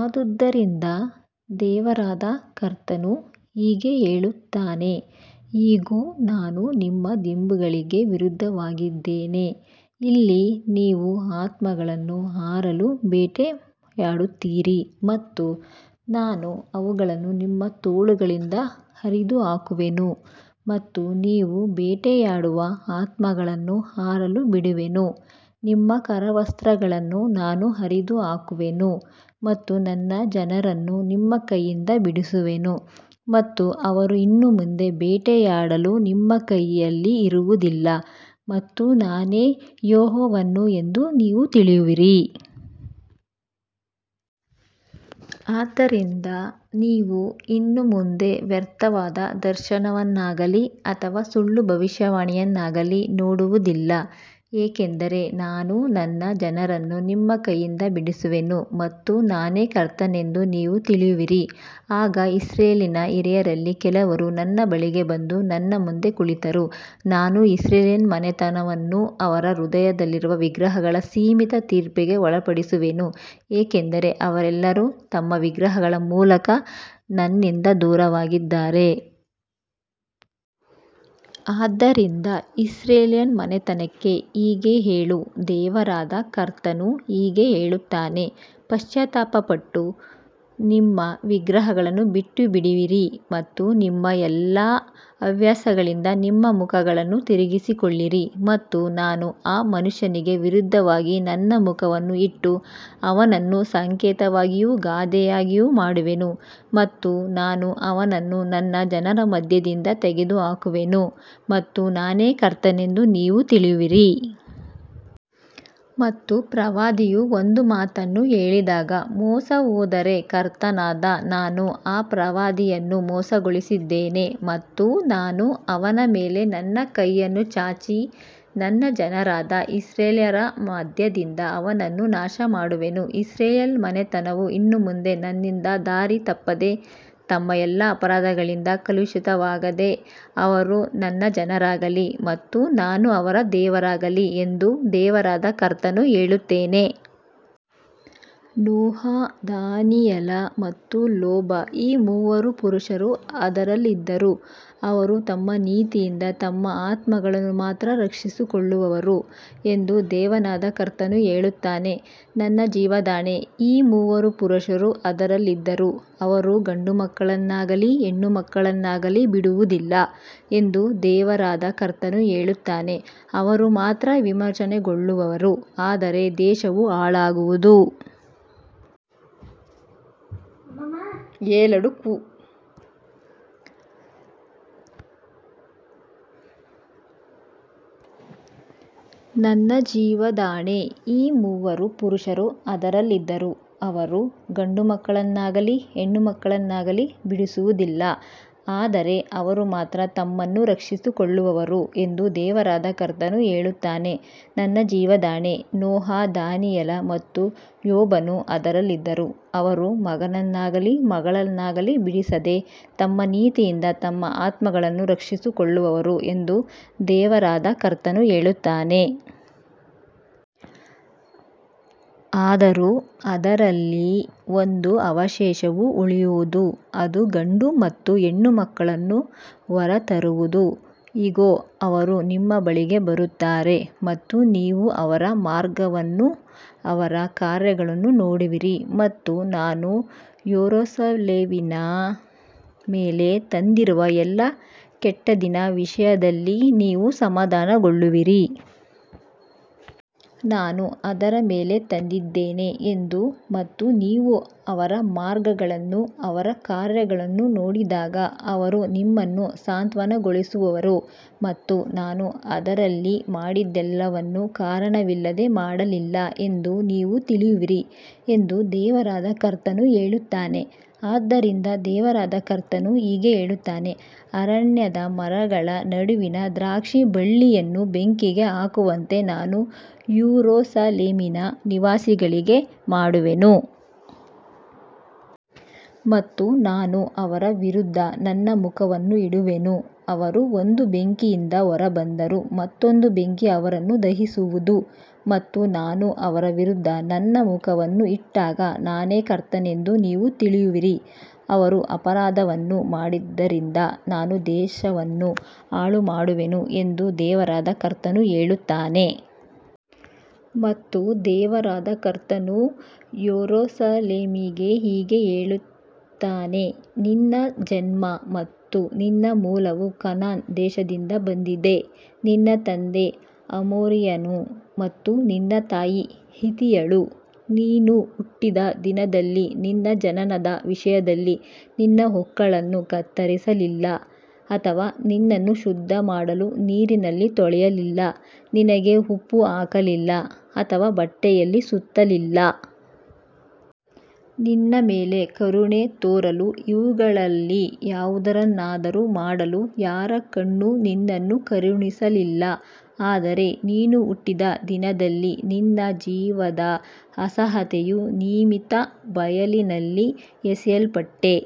ಆದುದರಿಂದ ದೇವರಾದ ಕರ್ತನು ಹೀಗೆ ಹೇಳುತ್ತಾನೆ, ಇಗೋ, ನಾನು ನಿಮ್ಮ ದಿಂಬುಗಳಿಗೆ ವಿರುದ್ಧವಾಗಿದ್ದೇನೆ, ಅಲ್ಲಿ ನೀವು ಆತ್ಮಗಳನ್ನು ಹಾರಲು ಬೇಟೆಯಾಡುತ್ತೀರಿ ಮತ್ತು ನಾನು ಅವುಗಳನ್ನು ನಿಮ್ಮ ತೋಳುಗಳಿಂದ ಹರಿದುಹಾಕುವೆನು ಮತ್ತು ನೀವು ಬೇಟೆಯಾಡುವ ಆತ್ಮಗಳನ್ನು ಹಾರಲು ಬಿಡುವೆನು. ನಿಮ್ಮ ಕರವಸ್ತ್ರಗಳನ್ನೂ ನಾನು ಹರಿದುಹಾಕುವೆನು ಮತ್ತು ನನ್ನ ಜನರನ್ನು ನಿಮ್ಮ ಕೈಯಿಂದ ಬಿಡಿಸುವೆನು ಮತ್ತು ಅವರು ಇನ್ನು ಮುಂದೆ ಬೇಟೆಯಾಡಲು ನಿಮ್ಮ ಕೈಯಲ್ಲಿ ಇರುವುದಿಲ್ಲ ಮತ್ತು ನಾನೇ ಯೆಹೋವನು ಎಂದು ನೀವು ತಿಳಿಯುವಿರಿ. ಆದ್ದರಿಂದ ನೀವು ಇನ್ನು ಮುಂದೆ ವ್ಯರ್ಥವಾದ ದರ್ಶನವನ್ನಾಗಲಿ ಅಥವಾ ಸುಳ್ಳು ಭವಿಷ್ಯವಾಣಿಯನ್ನಾಗಲಿ ನೋಡುವುದಿಲ್ಲ, ಏಕೆಂದರೆ ನಾನು ನನ್ನ ಜನರನ್ನು ನಿಮ್ಮ ಕೈಯಿಂದ ಬಿಡಿಸುವೆನು ಮತ್ತು ನಾನೇ ಕರ್ತನೆಂದು ನೀವು ತಿಳಿಯುವಿರಿ. ಆಗ ಇಸ್ರಾಯೇಲಿನ ಹಿರಿಯರಲ್ಲಿ ಕೆಲವರು ನನ್ನ ಬಳಿಗೆ ಬಂದು ನನ್ನ ಮುಂದೆ ಕುಳಿತರು. ನಾನು ಇಸ್ರಾಯೇಲ್ ಮನೆತನವನ್ನು ಅವರ ಹೃದಯದಲ್ಲಿರುವ ವಿಗ್ರಹಗಳ ನಿಮಿತ್ತ ತೀರ್ಪಿಗೆ ಒಳಪಡಿಸುವೆನು, ಏಕೆಂದರೆ ಅವರೆಲ್ಲರೂ ತಮ್ಮ ವಿಗ್ರಹಗಳ ಮೂಲಕ ನನ್ನಿಂದ ದೂರವಾಗಿದ್ದಾರೆ. ಆದ್ದರಿಂದ ಇಸ್ರಾಯೇಲ್ ಮನೆತನಕ್ಕೆ ಹೀಗೆ ಹೇಳು, ದೇವರಾದ ಕರ್ತನು ಹೀಗೆ ಹೇಳುತ್ತಾನೆ, ಪಶ್ಚಾತ್ತಾಪಪಟ್ಟು ನಿಮ್ಮ ವಿಗ್ರಹಗಳನ್ನು ಬಿಟ್ಟುಬಿಡಿರಿ ಮತ್ತು ನಿಮ್ಮ ಎಲ್ಲಾ ಅಸಹ್ಯಗಳಿಂದ ನಿಮ್ಮ ಮುಖಗಳನ್ನು ತಿರುಗಿಸಿಕೊಳ್ಳಿರಿ. ಮತ್ತು ನಾನು ಆ ಮನುಷ್ಯನಿಗೆ ವಿರುದ್ಧವಾಗಿ ನನ್ನ ಮುಖವನ್ನು ಇಟ್ಟು ಅವನನ್ನು ಸಂಕೇತವಾಗಿಯೂ ಗಾದೆಯಾಗಿಯೂ ಮಾಡುವೆನು ಮತ್ತು ನಾನು ಅವನನ್ನು ನನ್ನ ಜನರ ಮಧ್ಯದಿಂದ ತೆಗೆದುಹಾಕುವೆನು ಮತ್ತು ನಾನೇ ಕರ್ತನೆಂದು ನೀವು ತಿಳಿಯುವಿರಿ. ಮತ್ತು ಪ್ರವಾದಿಯು ಒಂದು ಮಾತನ್ನು ಹೇಳಿದಾಗ ಮೋಸಹೋದರೆ, ಕರ್ತನಾದ ನಾನು ಆ ಪ್ರವಾದಿಯನ್ನು ಮೋಸಗೊಳಿಸಿದ್ದೇನೆ ಮತ್ತು ನಾನು ಅವನ ಮೇಲೆ ನನ್ನ ಕೈಯನ್ನು ಚಾಚಿ ನನ್ನ ಜನರಾದ ಇಸ್ರಾಯೇಲ್ಯರ ಮಧ್ಯದಿಂದ ಅವನನ್ನು ನಾಶಮಾಡುವೆನು. ಇಸ್ರಾಯೇಲ್ ಮನೆತನವು ಇನ್ನು ಮುಂದೆ ನನ್ನಿಂದ ದಾರಿತಪ್ಪದೆ ತಮ್ಮ ಎಲ್ಲಾ ಅಪರಾಧಗಳಿಂದ ಕಲುಷಿತವಾಗದೆ, ಅವರು ನನ್ನ ಜನರಾಗಲಿ ಮತ್ತು ನಾನು ಅವರ ದೇವರಾಗಲಿ ಎಂದು ದೇವರಾದ ಕರ್ತನು ಹೇಳುತ್ತಾನೆ. ನೋಹ, ದಾನಿಯೇಲ ಮತ್ತು ಯೋಬ ಈ ಮೂವರು ಪುರುಷರು ಅದರಲ್ಲಿದ್ದರೂ, ಅವರು ತಮ್ಮ ನೀತಿಯಿಂದ ತಮ್ಮ ಆತ್ಮಗಳನ್ನು ಮಾತ್ರ ರಕ್ಷಿಸಿಕೊಳ್ಳುವರು ಎಂದು ದೇವರಾದ ಕರ್ತನು ಹೇಳುತ್ತಾನೆ. ನನ್ನ ಜೀವದಾಣೆ, ಈ ಮೂವರು ಪುರುಷರು ಅದರಲ್ಲಿದ್ದರೂ, ಅವರು ಗಂಡುಮಕ್ಕಳನ್ನಾಗಲಿ ಹೆಣ್ಣುಮಕ್ಕಳನ್ನಾಗಲಿ ಬಿಡಿಸುವುದಿಲ್ಲ ಎಂದು ದೇವರಾದ ಕರ್ತನು ಹೇಳುತ್ತಾನೆ, ಅವರು ಮಾತ್ರ ವಿಮೋಚನೆಗೊಳ್ಳುವರು, ಆದರೆ ದೇಶವು ಹಾಳಾಗುವುದು. ನನ್ನ ಜೀವದಾಣೆ, ಈ ಮೂವರು ಪುರುಷರು ಅದರಲ್ಲಿದ್ದರೂ, ಅವರು ಗಂಡುಮಕ್ಕಳನ್ನಾಗಲಿ ಹೆಣ್ಣುಮಕ್ಕಳನ್ನಾಗಲಿ ಬಿಡಿಸುವುದಿಲ್ಲ, ಆದರೆ ಅವರು ಮಾತ್ರ ತಮ್ಮನ್ನು ರಕ್ಷಿಸಿಕೊಳ್ಳುವರು ಎಂದು ದೇವರಾದ ಕರ್ತನು ಹೇಳುತ್ತಾನೆ. ನನ್ನ ಜೀವದಾಣೆ, ನೋಹ, ದಾನಿಯೇಲ ಮತ್ತು ಯೋಬನು ಅದರಲ್ಲಿದ್ದರೂ, ಅವರು ಮಗನನ್ನಾಗಲಿ ಮಗಳನ್ನಾಗಲಿ ಬಿಡಿಸದೆ ತಮ್ಮ ನೀತಿಯಿಂದ ತಮ್ಮ ಆತ್ಮಗಳನ್ನು ರಕ್ಷಿಸಿಕೊಳ್ಳುವರು ಎಂದು ದೇವರಾದ ಕರ್ತನು ಹೇಳುತ್ತಾನೆ. ಆದರೂ ಅದರಲ್ಲಿ ಒಂದು ಅವಶೇಷವು ಉಳಿಯುವುದು, ಅದು ಗಂಡು ಮತ್ತು ಹೆಣ್ಣು ಮಕ್ಕಳನ್ನು ಹೊರತರುವುದು. ಇಗೋ, ಅವರು ನಿಮ್ಮ ಬಳಿಗೆ ಬರುತ್ತಾರೆ ಮತ್ತು ನೀವು ಅವರ ಮಾರ್ಗವನ್ನೂ ಅವರ ಕಾರ್ಯಗಳನ್ನೂ ನೋಡುವಿರಿ ಮತ್ತು ನಾನು ಯೆರೂಸಲೇಮಿನ ಮೇಲೆ ತಂದಿರುವ ಎಲ್ಲಾ ಕೆಟ್ಟದ್ದಿನ ವಿಷಯದಲ್ಲಿ ನೀವು ಸಮಾಧಾನಗೊಳ್ಳುವಿರಿ. ನಾನು ಅದರ ಮೇಲೆ ತಂದಿದ್ದೇನೆ ಎಂದು ಮತ್ತು ನೀವು ಅವರ ಮಾರ್ಗಗಳನ್ನೂ ಅವರ ಕಾರ್ಯಗಳನ್ನೂ ನೋಡಿದಾಗ ಅವರು ನಿಮ್ಮನ್ನು ಸಾಂತ್ವನಗೊಳಿಸುವರು ಮತ್ತು ನಾನು ಅದರಲ್ಲಿ ಮಾಡಿದ್ದೆಲ್ಲವನ್ನೂ ಕಾರಣವಿಲ್ಲದೆ ಮಾಡಲಿಲ್ಲ ಎಂದು ನೀವು ತಿಳಿಯುವಿರಿ ಎಂದು ದೇವರಾದ ಕರ್ತನು ಹೇಳುತ್ತಾನೆ. ಆದ್ದರಿಂದ ದೇವರಾದ ಕರ್ತನು ಹೀಗೆ ಹೇಳುತ್ತಾನೆ, ಅರಣ್ಯದ ಮರಗಳ ನಡುವಿನ ದ್ರಾಕ್ಷಿಬಳ್ಳಿಯನ್ನು ಬೆಂಕಿಗೆ ಹಾಕುವಂತೆ ನಾನು ಯೆರೂಸಲೇಮಿನ ನಿವಾಸಿಗಳಿಗೆ ಮಾಡುವೆನು. ಮತ್ತು ನಾನು ಅವರ ವಿರುದ್ಧ ನನ್ನ ಮುಖವನ್ನು ಇಡುವೆನು, ಅವರು ಒಂದು ಬೆಂಕಿಯಿಂದ ಹೊರಬಂದರೂ ಮತ್ತೊಂದು ಬೆಂಕಿ ಅವರನ್ನು ದಹಿಸುವುದು ಮತ್ತು ನಾನು ಅವರ ವಿರುದ್ಧ ನನ್ನ ಮುಖವನ್ನು ಇಟ್ಟಾಗ ನಾನೇ ಕರ್ತನೆಂದು ನೀವು ತಿಳಿಯುವಿರಿ. ಅವರು ಅಪರಾಧವನ್ನು ಮಾಡಿದ್ದರಿಂದ ನಾನು ದೇಶವನ್ನು ಹಾಳುಮಾಡುವೆನು ಎಂದು ದೇವರಾದ ಕರ್ತನು ಹೇಳುತ್ತಾನೆ. ಮತ್ತು ದೇವರಾದ ಕರ್ತನು ಯೆರೂಸಲೇಮಿಗೆ ಹೀಗೆ ಹೇಳುತ್ತಾನೆ, ನಿನ್ನ ಜನ್ಮ ಮತ್ತು ನಿನ್ನ ಮೂಲವು ಕಾನಾನ್ ದೇಶದಿಂದ ಬಂದಿದೆ, ನಿನ್ನ ತಂದೆ ಅಮೋರಿಯನು ಮತ್ತು ನಿನ್ನ ತಾಯಿ ಹಿತ್ತಿಯಳು. ನೀನು ಹುಟ್ಟಿದ ದಿನದಲ್ಲಿ ನಿನ್ನ ಜನನದ ವಿಷಯದಲ್ಲಿ ನಿನ್ನ ಹೊಕ್ಕುಳನ್ನು ಕತ್ತರಿಸಲಿಲ್ಲ ಅಥವಾ ನಿನ್ನನ್ನು ಶುದ್ಧಮಾಡಲು ನೀರಿನಲ್ಲಿ ತೊಳೆಯಲಿಲ್ಲ, ನಿನಗೆ ಉಪ್ಪು ಹಾಕಲಿಲ್ಲ ಅಥವಾ ಬಟ್ಟೆಯಲ್ಲಿ ಸುತ್ತಲಿಲ್ಲ. ನಿನ್ನ ಮೇಲೆ ಕರುಣೆ ತೋರಲು ಇವುಗಳಲ್ಲಿ ಯಾವುದನ್ನಾದರೂ ಮಾಡಲು ಯಾರ ಕಣ್ಣೂ ನಿನ್ನನ್ನು ಕರುಣಿಸಲಿಲ್ಲ, ಆದರೆ ನೀನು ಹುಟ್ಟಿದ ದಿನದಲ್ಲಿ ನಿನ್ನ ಜೀವದ ಅಸಹ್ಯತೆಯ ನಿಮಿತ್ತ ಬಯಲಿನಲ್ಲಿ ಎಸೆಯಲ್ಪಟ್ಟೆ.